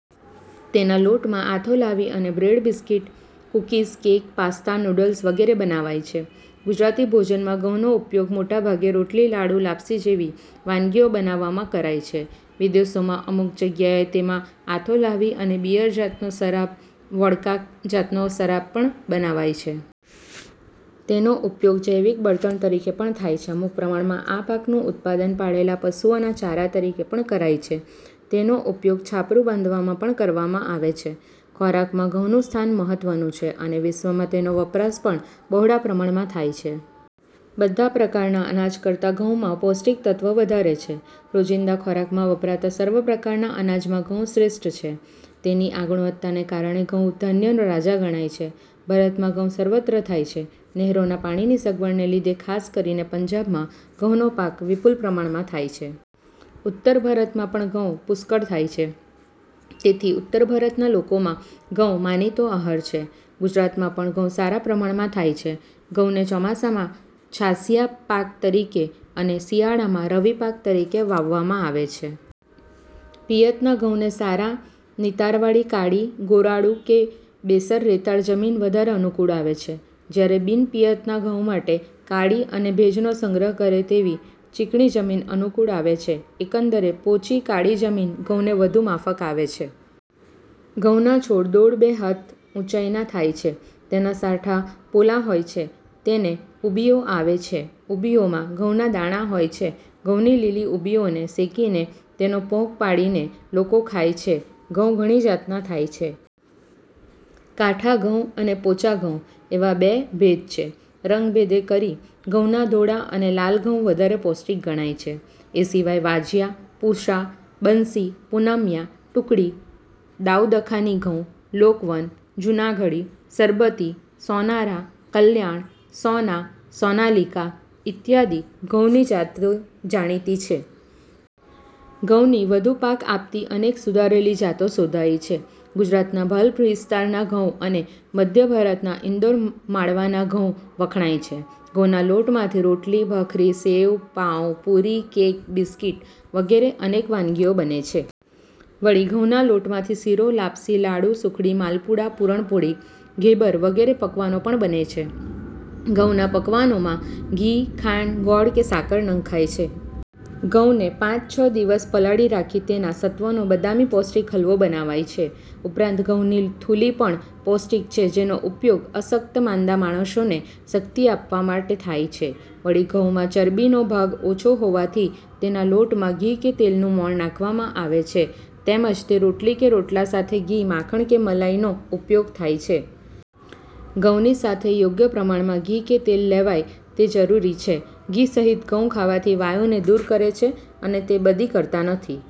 તેના લોટમાં આથો લાવી અને bread, biscuit, cookies, cake, pasta, noodles વગેરે બનાવાય છે. ગુજરાતી ભોજનમાં ઘઉંનો ઉપયોગ મોટા ભાગે રોટલી, લાડુ, લાપસી જેવી વાનગીઓ બનાવવામાં કરાય છે. વિદેશોમાં અમુક જગ્યાએ તેમાં આથો લાવી અને બિયર જાતનો શરાબ, વોડકા જાતનો શરાબ, પણ બનાવાય છે. તેનો ઉપયોગ જૈવિક બળતણ તરીકે પણ થાય છે. અમુક પ્રમાણમાં આ પાકનું ઉત્પાદન પાળેલા પશુઓના ચારા તરીકે પણ કરાય છે. તેનો ઉપયોગ છાપરું બાંધવામાં પણ કરવામાં આવે છે. ખોરાકમાં ઘઉંનું સ્થાન મહત્ત્વનું છે અને વિશ્વમાં તેનો વપરાશ પણ બહોળા પ્રમાણમાં થાય છે. બધા પ્રકારના અનાજ કરતાં ઘઉંમાં પૌષ્ટિક તત્વ વધારે છે. રોજિંદા ખોરાકમાં વપરાતા સર્વ પ્રકારના અનાજમાં ઘઉં શ્રેષ્ઠ છે. તેની આ ગુણવત્તાને કારણે ઘઉં ધાન્યનો રાજા ગણાય છે. ભારતમાં ઘઉં સર્વત્ર થાય છે. નહેરોના પાણીની સગવડને લીધે ખાસ કરીને પંજાબમાં ઘઉંનો પાક વિપુલ પ્રમાણમાં થાય છે. ઉત્તર ભારતમાં પણ ઘઉં પુષ્કળ થાય છે તેથી ઉત્તર ભારતના લોકોમાં ઘઉં માનીતો આહાર છે. ગુજરાતમાં પણ ઘઉં સારા પ્રમાણમાં થાય છે. ઘઉંને ચોમાસામાં છાશિયા પાક તરીકે અને શિયાળામાં રવિપાક તરીકે વાવવામાં આવે છે. પિયતના ઘઉંને સારા નિતારવાળી કાળી, ગોરાડું કે બેસર રેતાળ જમીન વધારે અનુકૂળ આવે છે, જ્યારે બિન-પિયત ના ઘઉં માટે કાળી અને ભેજનો સંગ્રહ કરે તેવી ચીકણી જમીન અનુકૂળ આવે છે. એકંદરે પોચી કાળી જમીન ઘઉંને વધુ માફક આવે છે. ઘઉંના છોડ દોઢ-બે હાથ ઊંચાઈના થાય છે. તેના સાંઠા પોલા હોય છે. તેને ઉંબીઓ આવે છે. ઉંબીઓમાં ઘઉંના દાણા હોય છે. ઘઉંની લીલી ઉંબીઓને શેકીને તેનો પોંક પાડીને લોકો ખાય છે. ઘઉં ઘણી જાતના થાય છે. કાઠા ઘઉં અને પોચા ઘઉં એવા બે ભેદ છે. રંગભેદે કરી ઘઉંના ધોળા અને લાલ ઘઉં વધારે પૌષ્ટિક ગણાય છે. એ સિવાય વાજિયા, પૂંસા, બન્સી, પૂનમિયા, ટુકડી, દાઉદખાની ઘઉં, લોક વન, જૂનાગઢી, સરબતી, સોનારા, કલ્યાણ સોના, સોનાલીકા ઈત્યાદિ ઘઉંની જાતો જાણીતી છે. ઘઉંની વધુ પાક આપતી અનેક સુધારેલી જાતો શોધાઈ છે. ગુજરાતના ભાલ વિસ્તારના ઘઉં અને મધ્ય ભારતમાં ઇન્દૌર માળવાના ઘઉં વખણાય છે. ઘઉંના લોટમાંથી રોટલી, ભાખરી, સેવ, પાઉં, પૂરી, કેક, બિસ્કીટ વગેરે અનેક વાનગીઓ બને છે. વળી ઘઉંના લોટમાંથી શીરો, લાપશી, લાડુ, સુખડી, માલપુડા, પૂરણ પોળી, ઘેબર વગેરે પકવાનો પણ બને છે. ઘઉના પકવાનોમાં ઘી, ખાંડ, ગોળ કે સાકર નંખાય છે. ઘઉંને પાંચ-છ દિવસ પલાળી રાખી તેના સત્વનો બદામી પૌષ્ટિક હલવો બનાવાય છે. ઉપરાંત ઘઉંની થૂલી પણ પૌષ્ટિક છે. જેનો ઉપયોગ અશક્ત- માંદા માણસોને શક્તિ આપવા માટે થાય છે. વળી ઘઉંમાં ચરબીનો ભાગ ઓછો હોવાથી તેના લોટમાં ઘી કે તેલનું મોંણ નાખવામાં આવે છે તેમજ તે રોટલી કે રોટલા સાથે ઘી, માખણ કે મલાઈનો ઉપયોગ થાય છે. ઘઉંની સાથે યોગ્ય પ્રમાણના ઘી કે તેલ લેવાય તે જરૂરી છે. ઘી સહિત ઘઉં ખાવાથી વાયુ ને દૂર કરે છે અને તે બદી કરતા નથી.